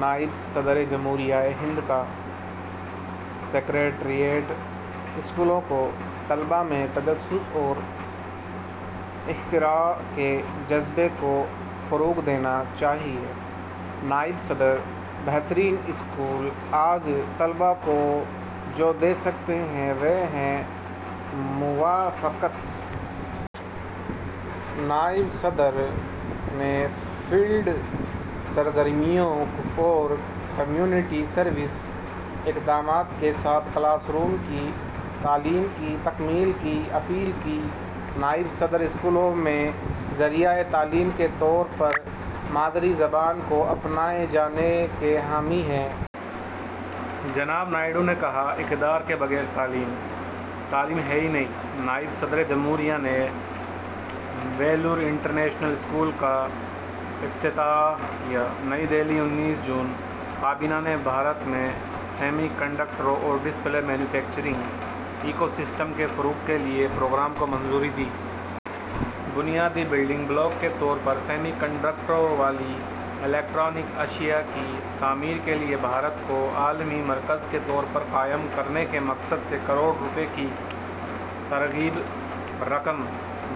نائب صدر جمہوریہ ہند کا سیکریٹریٹ اسکولوں کو طلبہ میں تجسس اور اختراع کے جذبے کو فروغ دینا چاہیے: نائب صدر۔ ’بہترین اسکل اسکول آج طلباء کو جو دے سکتے ہیں، وہ ہے موافقت۔‘ نائب صدر نے فیلڈ سرگرمیوں اور کمیونٹی سروس اقدامات کے ساتھ کلاس روم کی تعلیم کی تکمیل کی اپیل کی۔ نائب صدر اسکولوں میں ذریعۂ تعلیم کے طور پر مادری زبان کو اپنائے جانے کے حامی ہیں۔ جناب نائیڈو نے کہا، ’اقدار کے بغیر تعلیم، تعلیم ہے ہی نہیں۔‘ نائب صدر جمہوریہ نے ویلور انٹرنیشنل اسکول کا افتتاح کیا۔ نئی دہلی، انتیس جون۔ کابینہ نے بھارت میں سیمی کنڈکٹروں اور ڈسپلے مینوفیکچرنگ ایکو سسٹم کے فروغ کے لیے پروگرام کو منظوری دی۔ بنیادی بلڈنگ بلاک کے طور پر سیمی کنڈکٹروں والی الیکٹرانک اشیاء کی تعمیر کے لیے بھارت کو عالمی مرکز کے طور پر قائم کرنے کے مقصد سے کروڑ روپے کی ترغیبی رقم۔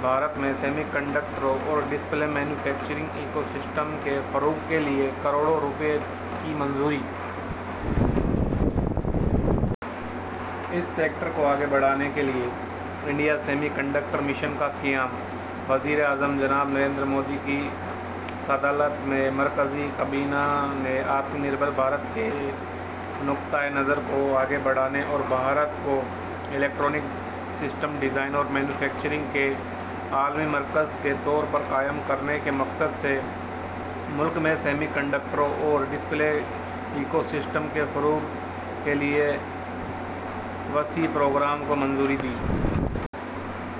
بھارت میں سیمی کنڈکٹروں اور ڈسپلے مینوفیکچرنگ ایکو سسٹم کے فروغ کے لیے کروڑ روپے کی منظوری۔ اس سیکٹر کو آگے بڑھانے کے لیے انڈیا سیمی کنڈکٹر مشن کا قیام۔ وزیر اعظم جناب نریندر مودی کی صدارت میں مرکزی کابینہ نے آتم نربھر بھارت کے نقطۂ نظر کو آگے بڑھانے اور بھارت کو الیکٹرانک سسٹم ڈیزائن اور مینوفیکچرنگ کے عالمی مرکز کے طور پر قائم کرنے کے مقصد سے، ملک میں سیمی کنڈکٹروں اور ڈسپلے ایکو سسٹم کے فروغ کے لیے وسیع پروگرام کو منظوری دی ہے۔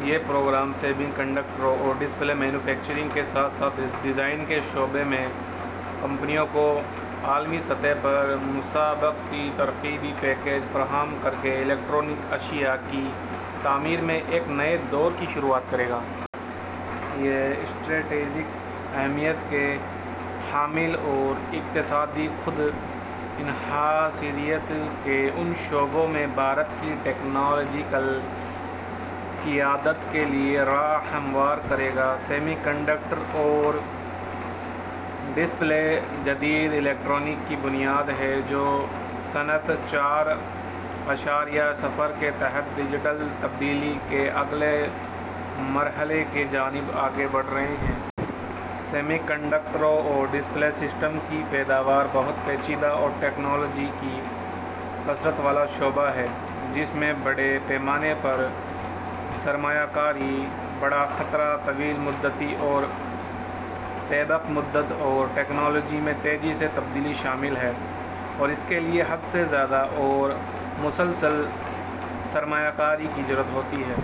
یہ پروگرام سیمی کنڈکٹروں اور ڈسپلے مینوفیکچرنگ کے ساتھ ساتھ ڈیزائن کے شعبے میں کمپنیوں کو عالمی سطح پر مسابقتی ترغیبی پیکیج فراہم کرکے الیکٹرانک اشیاء کی تعمیر میں ایک نئے دور کی شروعات کرے گا۔ یہ اسٹریٹجک اہمیت کے حامل اور اقتصادی خود انحصاریت کے ان شعبوں میں بھارت کی ٹیکنالوجیکل قیادت کے لیے راہ ہموار کرے گا۔ سیمی کنڈکٹر اور ڈسپلے جدید الیکٹرانکس کی بنیاد ہیں، جو صنعت چار اعشاریہ صفر کے تحت ڈیجیٹل تبدیلی کے اگلے مرحلے کی جانب آگے بڑھ رہے ہیں۔ سیمی کنڈکٹروں اور ڈسپلے سسٹم کی پیداوار بہت پیچیدہ اور ٹیکنالوجی کی کثرت والا شعبہ ہے، جس میں بڑے پیمانے پر سرمایہ کاری، بڑا خطرہ، طویل مدتی اور پے بیک مدت اور ٹیکنالوجی میں تیزی سے تبدیلی شامل ہیں اور اس کے لیے حد سے زیادہ اور مسلسل سرمایہ کاری کی ضرورت ہوتی ہے۔